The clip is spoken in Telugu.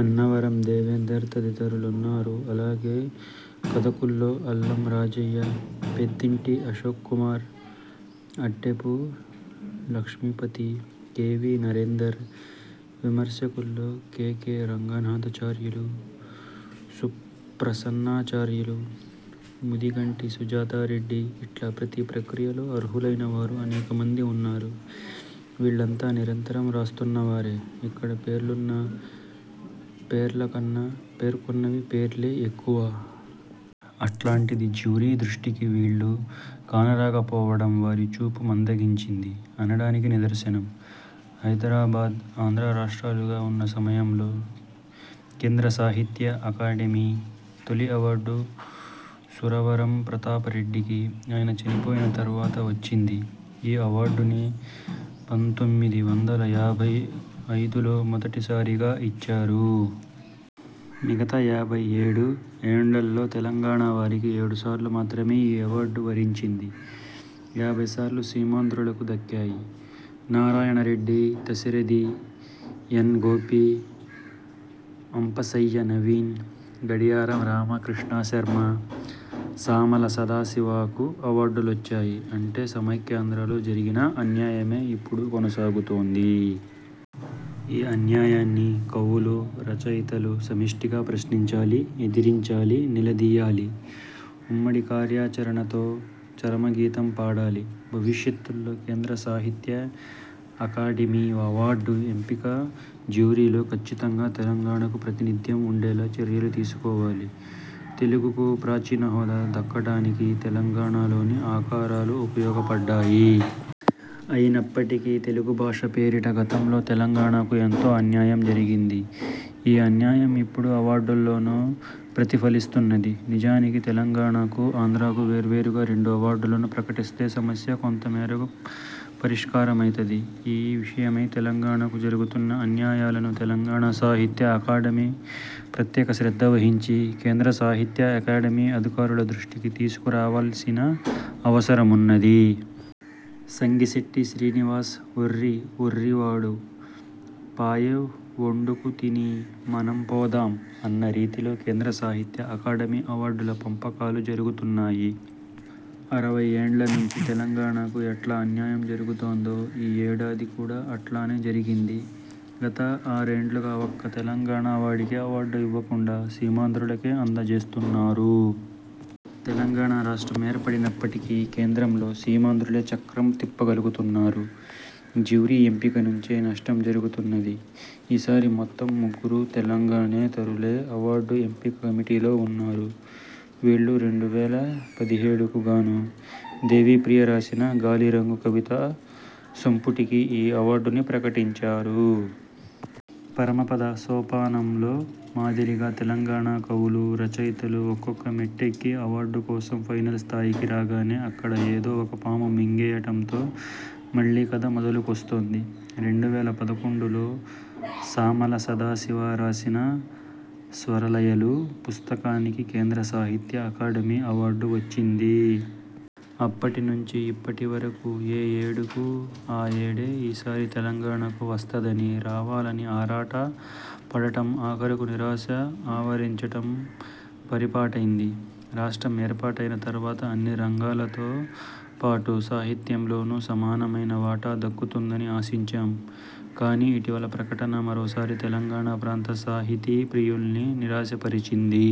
అన్నవరం దేవేందర్ తదితరులున్నారు. అలాగే కథకుల్లో అల్లం రాజయ్య, పెద్దింటి అశోక్కుమార్, ఆడ్డెపు లక్ష్మీపతి, కె. వి. నరేందర్, విమర్శకుల్లో కె. కె. రంగనాథాచార్యులు, సుప్రసన్నాచార్యులు, ముదిగంటి సుజాతారెడ్డి ఇట్లా ప్రతి ప్రక్రియలో అర్హులైన వారు అనేక మంది ఉన్నారు. వీళ్ళంతా నిరంతరం రాస్తున్నవారే! ఇక్కడ పేర్లున్న పేర్లకన్నా పేర్కొన్నవి పేర్లే ఎక్కువ. అట్లాంటిది జ్యూరీ దృష్టికి వీళ్ళు కానరాకపోవడం వారి చూపు మందగించింది అనడానికి నిదర్శనం. హైదరాబాద్, ఆంధ్ర రాష్ట్రాలుగా ఉన్న సమయంలో కేంద్ర సాహిత్య అకాడెమీ తొలి అవార్డు సురవరం ప్రతాపరెడ్డికి, ఆయన చనిపోయిన తర్వాత వచ్చింది. ఈ అవార్డుని పంతొమ్మిది వందల యాభై ఐదులో మొదటి సారిగా ఇచ్చారు. మిగతా యాభై ఏడు యేండ్లల్లో తెలంగాణ వారికి ఏడు సార్లు మాత్రమే ఈ అవార్డు వరించింది. యాభై సార్లు సీమాంధ్రులకు దక్కాయి. నారాయణరెడ్డి, దశరథి, ఎన్. గోపి, అంపశయ్య నవీన్, గడియారం రామకృష్ణశర్మ, సామల సదాశివ కు అవార్డులొచ్చాయి. అంటే సమైక్యాంధ్రలో జరిగిన అన్యాయమే ఇప్పుడూ కొనసాగుతోంది. ఈ అన్యాయాన్ని కవులు, రచయితలు సమిష్టిగా ప్రశ్నించాలి. ఎదిరించాలి. నిలదీయాలి. ఉమ్మడి కార్యాచరణతో చరమగీతం పాడాలి. భవిష్యత్లో కేంద్ర సాహిత్య అకాడెమీ అవార్డు ఎంపిక జ్యూరీలో కచ్చితంగా తెలంగాణకు ప్రతినిధ్యం ఉండేలా చర్యలు తీసుకోవాలి. తెలుగుకు ప్రాచీన హోదా దక్కడానికి తెలంగాణలోని ఆకరాలు ఉపయోగ పడ్డాయి. అయినప్పటికీ తెలుగు భాష పేరిట గతంలో తెలంగాణకు ఎంతో అన్యాయం జరిగింది. ఈ అన్యాయం ఇప్పుడు అవార్డుల్లోనూ ప్రతిఫలిస్తున్నది. నిజానికి తెలంగాణకు, ఆంధ్రకు వేర్వేరుగా రెండు అవార్డులను ప్రకటిస్తే సమస్య కొంతమేరకు పరిష్కారమైతది. ఈ విషయమే తెలంగాణకు జరుగుతున్న అన్యాయాలను 'తెలంగాణ సాహిత్య అకాడెమీ' ప్రత్యేక శ్రద్ధ వహించి కేంద్ర సాహిత్య అకాడెమీ అధికారుల దృష్టికి తీసుకు రావాల్సిన అవసరమున్నది. సంగిశెట్టి శ్రీనివాస్ 'ఒర్రి ఒర్రి వాడు పాయెవొండుక తిని మనం పోదాం' అన్న రీతిలో కేంద్ర సాహిత్య అకాడెమీ అవార్డుల పంపకాలు జరుగుతున్నయి. అరవై యేండ్ల నుంచి తెలంగాణకు ఎట్లా అన్యాయం జరుగుతుందో ఈ యేడాది కూడా అట్లనే జరిగింది. గత ఆరేండ్లుగా ఒక్క తెలంగాణ వాడికీ అవార్డు ఇవ్వకుండా సీమాంధ్రులకే అందజేస్తున్నరు. తెలంగాణ రాష్ట్రం ఏర్పడినప్పటికీ కేంద్రంలో సీమాంధ్రులే చక్రం తిప్పగలుగుతున్నరు. జ్యూరీ ఎంపిక నుంచే నష్టం జరుగుతున్నది. ఈ సారి మొత్తం ముగ్గురూ తెలంగాణేతరులే అవార్డు ఎంపిక కమిటీలో ఉన్నరు. వీళ్ళు రెండు వేల పదిహేడుకు గాను దేవిప్రియ రాసిన 'గాలిరంగు' కవితా సంపుటికి ఈ అవార్డుని ప్రకటించారు. పరమపద సోపానంలో మాదిరిగా తెలంగాణ కవులు, రచయితలు ఒక్కొక్క మెట్టెక్కి అవార్డు కోసం ఫైనల్ స్థాయికి రాగానే అక్కడ ఏదో ఒక పాము మింగేయడంతో మళ్ళీ కథ మొదలుకొస్తోంది. రెండు వేల పదకొండులో సామల సదాశివ రాసిన 'స్వరలయలు' పుస్తకానికి కేంద్ర సాహిత్య అకాడెమీ అవార్డు వచ్చింది. అప్పటి నుంచి ఇప్పటి వరకూ యే ఏడుకు ఆ యేడు ఈసారి తెలంగాణకు వస్తదని, రావాలని ఆరాట పడటం ఆఖరికి నిరాశ ఆవరించటం పరిపాటైంది. రాష్ట్రం ఏర్పాటైన తర్వాత అన్ని రంగాలతో పాటు సాహిత్యంలోనూ సమానమైన వాటా దక్కుతుందని ఆశించాం. కాని ఇటీవలి ప్రకటన మరోసారి తెలంగాణ ప్రాంత సాహితీ ప్రియుల్ని నిరాశ పరిచింది.